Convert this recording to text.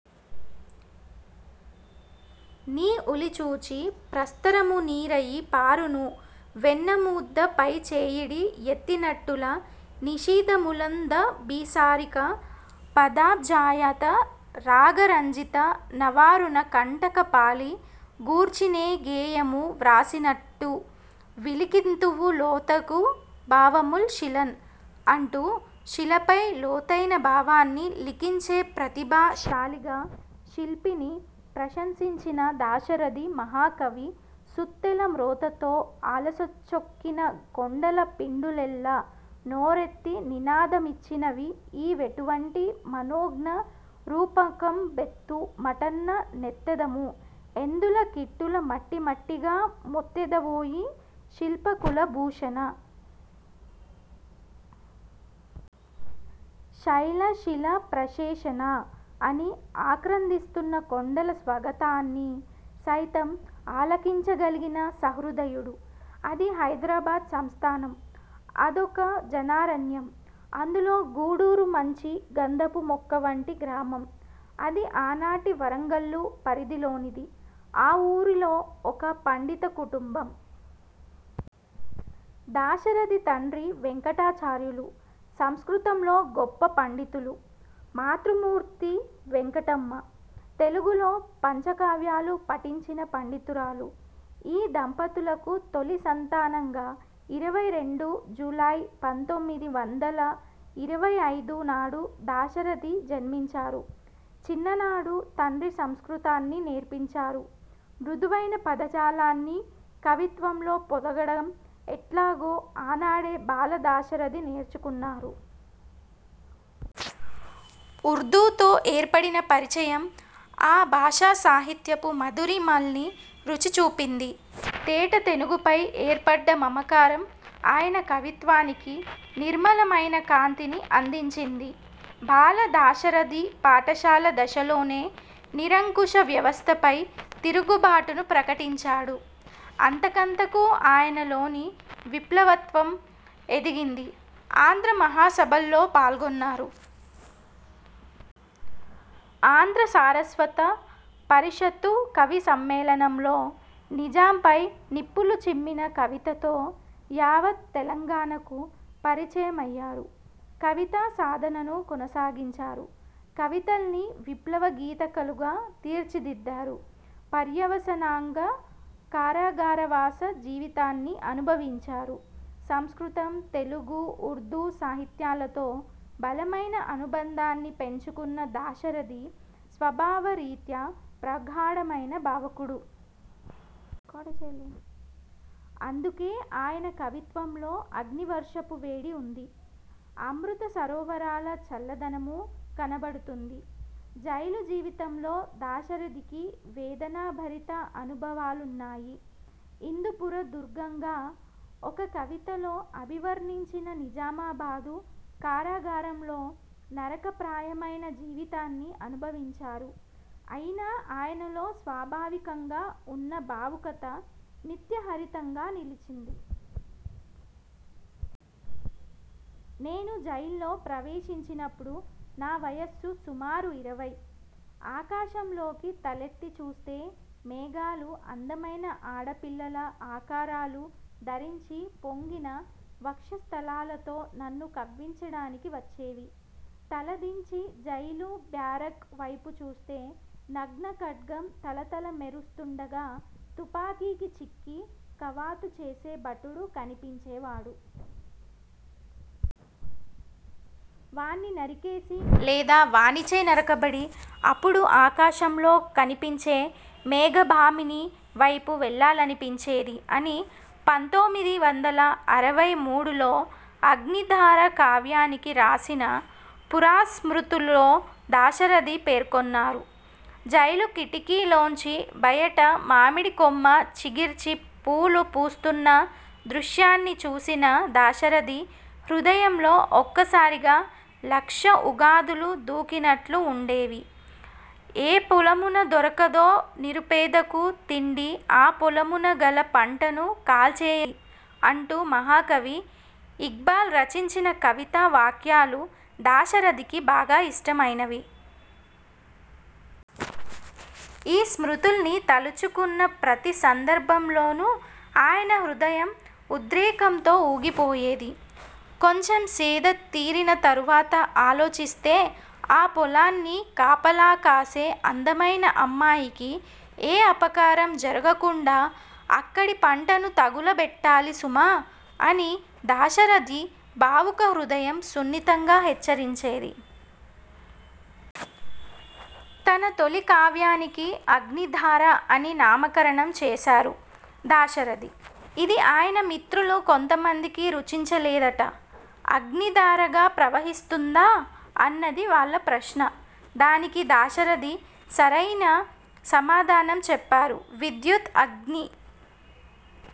'నీ ఉలిచూచి ప్రస్తరమునీరయి పారును వెన్నముద్దపైచేయిడి యెత్తినట్టుల నిశీధములందభిసారికా పదాబ్జాయత రాగరంజిత నవారుణ కంటక పాళి గూర్చినేగేయము వ్రాసినట్లు, విలిఖింతువు లోతగు భావముల్ శిలన్'' అంటూ శిలపై లోతయిన భావాన్ని లిఖించే ప్రతిభా శాలిగా శిల్పిని ప్రశంసించిన దాశరథి మహాకవి- 'సుత్తెల మ్రోతతో అలసిచొక్కిన కొండల పిండులెల్ల నోరెత్తి నినాదమిచ్చినవిఈ వెటువంటి మనోజ్ఞ రూపకంబెత్తు మటన్న నెత్తెదము; ఎందుల కిట్టుల మట్టిమట్టిగామొత్తెదవోయి శిల్పకులభూషణ! శైల శిల ప్రషేషణా! ' అని ఆక్రందిస్తున్న కొండల స్వగతాన్ని సైతం ఆలకిం చగలిగిన సహృదయుడు. అది హైదరాబాద్ సంస్థానం. అదొక జనారణ్యం. అందులో గూడూరు మంచి గంధపు మొక్క వంటి గ్రామం. అది ఆనాటి వరంగల్లు పరిధిలోనిది. ఆ ఊరిలో ఒక పండిత కుటుంబం. దాశరథి తండ్రి వేంకటాచార్యులు. సంస్కృతంలో గొప్ప పండితులు. మాతృమూర్తి వేంకటమ్మ. తెలుగులో పంచకావ్యాలు పఠించిన పండితురాలు. ఈ దంపతులకు తొలి సంతానంగా ఇరవై రెండు జూలై పంతోమిది వందల ఇరవై ఐదు నాడు దాశరథి జన్మిం చారు. చిన్ననాడు తండ్రి సంస్కృతాన్ని నేర్పించారు. మృదు వైన పదజాలాన్ని కవిత్వంలో పొదగడం ఎట్లాగో ఆనాడే బాల దాశరథి నేర్చుకున్నారు. ఉర్దూతో ఏర్పడిన పరిచయం ఆ భాషా సాహిత్యపు మధురిమల్ని రుచి చూపింది. తేట తెనుగుపై ఏర్పడ్డ మమకారం ఆయన కవిత్వానికి నిర్మల మైన కాంతిని అందించింది. బాల దాశరథి పాఠశాల దశలోనే నిరంకుశ వ్యవస్థపై తిరుగుబాటును ప్రకటించాడు. అంతకంతకూ ఆయనలోని విప్లవతత్వం ఎదిగింది. ఆంధ్ర మహాసభల్లో పాల్గొన్నారు. ఆంధ్ర సారస్వత పరిషత్తు కవి సమ్మేళనం లో నిజాంపై నిప్పులు చిమ్మిన కవితతో యావత్ తెలంగాణకు పరిచయమ య్యారు. కవితా సాధనను కొనసాగించారు. కవితల్ని విప్లవ గీతికలుగా తీర్చిదిద్దారు. పర్యవసానంగా కారాగారవాస జీవితాన్ని అనుభవించారు. సంస్కృతం, తెలుగు, ఉర్దూ సాహిత్యాలతో బలమైన అనుబంధాన్ని పెంచుకున్న దాశరథి స్వభావరీత్యా ప్రగాఢ మైన భావుకుడు. అందుకే ఆయన కవిత్వంలో అగ్నివర్షపు వేడి ఉంది. అమృత సరోవరాల చల్లదనమూ కనబడు తుంది. జైలు జీవితంలో దాశరథికి వేదనాభరిత అనుభవా లున్నాయి. ఇందుపుర దుర్గంగా ఒక కవితలో అభివర్ణించిన నిజామాబాదు కారాగారంలో నరకప్రాయమైన జీవితాన్ని అనుభవించారు. అయినా ఆయనలో స్వాభావికంగా ఉన్న భావుకత నిత్యహరితంగా నిలిచింది. ''నేను జైల్లో ప్రవేశిం చినపుడు నా వయస్సు సుమారు ఇరవై. ఆకాశంలోకి తలెత్తి చూస్తే మేఘాలు అందమైన ఆడపిల్లల ఆకారాలు ధరించి పొంగిన వక్షస్థలాలతో నన్ను కవ్వించడానికి వచ్చేవి. తల దించి జైలు బ్యారక్ వైపు చూస్తే, నగ్న ఖడ్గం తళతళ మెరు స్తుండగా తుపాకీకి చిక్కి కవాతుచేసే భటుడు కనిపించే వాడు. వాణ్ణి నరికేసి, లేదా వానిచే నరకబడి అపుడు ఆకాశంలో కనిపించే మేఘభామిని వైపు వెళ్లాలనిపించేది'' అని పంతోమిది వందల అరవై మూడు లో 'అగ్నిధార' కావ్యానికి రాసిన 'పురాస్మృతు'ల్లో దాశరథి పేర్కొన్నారు. జైలు కిటికీ లోంచి బయట మామిడి కొమ్మ చిగిర్చి పూలు పూస్తున్న దృశ్యాన్ని చూసిన దాశరథి హృదయంలో ఒక్కసారిగా లక్ష ఉగాదులు దూకినట్లు ఉండేది: ''ఏ పొలమున దొరకదొ నిరుపేదకు తిండి/ ఆ పొలమున గల పంటను కాల్చే యండి'' అంటూ మహా కవి ఇక్బాల్ రచించిన కవితా వాక్యాలు దాశరథికి బాగా ఇష్టమైనవి. ఈ స్మృతుల్ని తలచుకున్న ప్రతి సందర్భంలోను ఆయన హృదయం ఉద్రేకంతో ఊగిపోయేది. కొంచెం సేద తీరిన తరువాత ఆలోచిస్తే ''ఆ పొలాన్ని కాపలాకాసే అందమైన అమ్మాయికి ఏ అపకారం జరగకుండా అక్కడి పంటను తగులబెట్టాలి సుమా! '' అని దాశ రథి భావుక హృదయం సున్నితంగా హెచ్చరించేది. తన తొలి కావ్యానికి 'అగ్నిధార' అని నామకరణం చేశారు దాశరథి. ఇది ఆయన మిత్రులు కొంతమందికి రుచించలేదట. ''అగ్ని ధారగా ప్రవహిస్తుందా? '' అన్నది వాళ్ళ ప్రశ్న. దానికి దాశరథి సరియైున సమాధానం చెప్పారు: ''విద్యుత్ అగ్ని